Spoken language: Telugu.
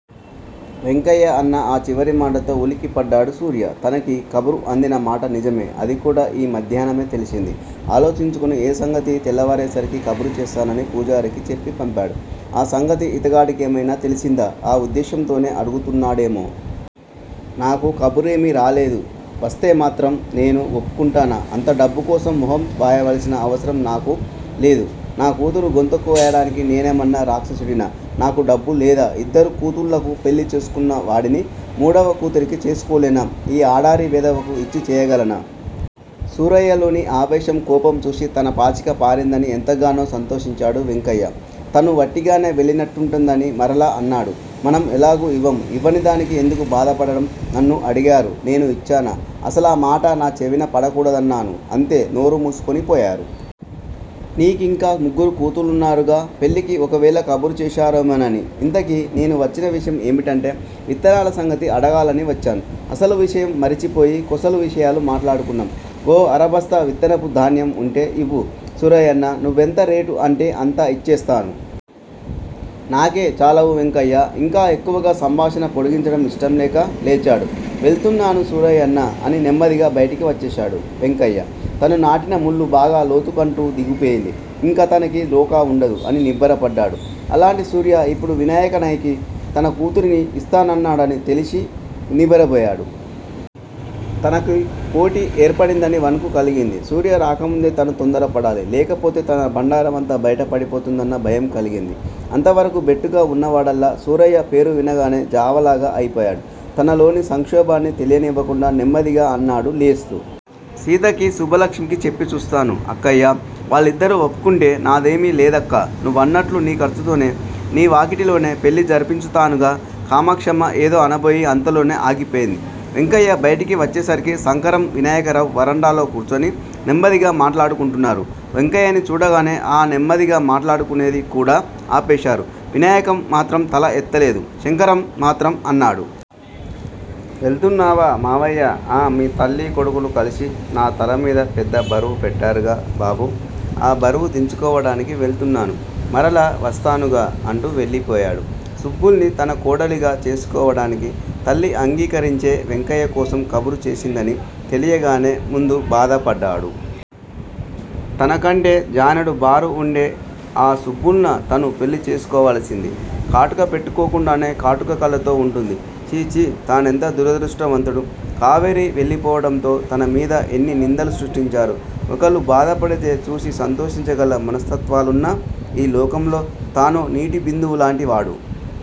వెంకయ్య అన్న ఆ చివరి మాటతో ఉలికి పడ్డాడు సూర్య. తనకీ కబురు అందిన మాట నిజమే! అది కూడా ఈ మధ్యాహ్నమే తెలిసింది. ఆలోచించుకుని ఏ సంగతీ తెల్లవారేసరికి కబురు చేస్తానని పూజారికి చెప్పి పంపాడు. ఆ సంగతి ఇతగాడికేమయినా తెలిసిందా? ఆ ఉద్దేశ్యంతోనే అడుగుతున్నాడేమో? నాకు కబురేమి రాలేదు! వస్తే మాత్రం నేను ఒప్పుకుంటానా? అంత డబ్బు కోసం మొహం వాయవలసిన అవసరం నాకు లేదు. నా కూతురు గొంతు కోయటానికి నేనేమన్నా రాక్షసుడినా? నాకు డబ్బు లేదా? ఇద్దరు కూతుళ్ళకి పెళ్ళి చేసుకున్న వాడిని మూడవ కూతురికి చేసుకోలేనా? ఈ ఆడారి వెధవకి యిచ్చి చేయగలనా? సూరయ్యలోని ఆవేశం, కోపం చూసి తన పాచిక పారిందని ఎంతగానో సంతోషించాడు వెంకయ్య. తనువట్టిగానే వెళ్ళినట్టుంటుందని మరలా అన్నాడు. మనం ఎలాగూ ఇవ్వము. యివ్వని దానికి ఎందుకు బాధ పడటం? నన్నూ అడిగారు నేను యిచ్చానా? అసలా మాట నా చెవిన పడకూడదన్నాను. అంతే! నోరుమూసుకునిపోయారు. నీకింకా ముగ్గురు కూతుళ్ళున్నారుగా పెళ్ళికి ఒకవేళ కబురు చేశారేమోనని! యింతకీ నేను వచ్చినవిషయం ఏమిటంటే విత్తనాల సంగతి అడగాలని వచ్చాను. అసలు విషయం మరిచిపోయి కొసలు విషయాలు మాట్లాడుకున్నాం. ఓ అరబస్తా విత్తనపు ధాన్యం వుంటే ఇవ్వు సూరయ్యన్నా! నువ్వెంత రేటు అంటే అంతా యిచ్చేస్తాను! నాకే చాలవు వెంకయ్యా! ఇంకా ఎక్కువగా సంభాషణ పొడిగించటం యిష్టం లేక లేచాడు. వెళుతున్నాను సూరయ్యన్నా! అని నెమ్మదిగా బైటికి వచ్చేశాడు వెంకయ్య. తను నాటిన ముళ్ళు బాగా లోతుకంటూ దిగిపోయింది. యింకతనకి డోకా వుండదు. అని నిబ్బరపడ్డాడు. అలాంటి సూర్య యిప్పుడు వినాయకనైకి తన కూతురిని ఇస్తానన్నాడని తెలిసి నివ్వెరబోయాడు. తనకి పోటీ ఏర్పడిందని వణుకు కలిగింది. సూర్య రాకముందే తను తొందర పడాలి! లేకపోతే తన బండారమంతా బైట పడిపోతుందన్న భయం కలిగింది అంత వరకూ బెట్టుగా వున్నవాడల్లా సూరయ్య పేరు వినగానే జావలాగా అయిపోయాడు. తనలోని సంక్షోభాన్ని తెలియ నివ్వకుండా నెమ్మదిగా అన్నాడు లేస్తూ. సీతకి సుబ్బలక్ష్మీకి చెప్పి చూస్తాను అక్కయ్యా! వాళ్ళిద్దరూ వప్పుకుంటే నాదేమీ లేదక్కా! నువ్వన్నట్టు నీ ఖర్చుతోనే నీ వాకిటిలోనే పెళ్ళి జరిపించుతానుగా. కామాక్షమ్మ ఏదో అనబోయి అంతలోనే ఆగిపోయింది. వెంకయ్య బైటికి వచ్చేసరికి సంకరం వినాయకరావు వరండాలో కూర్చుని నెమ్మదిగా మాట్లాడుకుంటున్నారు వెంకయ్యని చూడగానే ఆ నెమ్మదిగా మాట్లాడుకునేది కూడా ఆపేశారు వినాయకం మాత్రం తల ఎత్తలేదు శంకరం మాత్రం అన్నాడు. వెళుతున్నావా మామయ్యా? ఆఁ మీ తల్లీ కొడుకులూ కలిసి నా తలమీద పెద్ద బరువు పెట్టారుగా బాబూ! ఆ బరువు దించుకోవటానికి వెళుతున్నాను. మరలా వస్తానుగా! అంటూ వెళ్ళిపోయాడు. సుబ్బులుని తన కోడలిగా చేసుకోవటానికి తల్లి అంగీకరించే వెంకయ్య కోసం కబురు చేసిందని తెలియగానే ముందు బాధపడ్డాడు. తన కంటే జానెడు బారు వుండే ఆ సుబ్బులునా తను పెళ్ళి చేసుకోవలసింది? కాటుక పెట్టుకోకుండానే కాటుక కళ్ళతో వుంటుంది ఛీ! ఛీ! తానెంత దురదృష్టవంతుడు? కావేరీ వెళ్ళిపోవటంతో తన మీద ఎన్ని నిందలు సృష్టించారు? ఒకళ్ళు బాధపడితే చూసి సంతోషించగల మనస్తత్వాలున్న ఈ లోకంలో తానో నీటి బిందువులాంటి వాడు!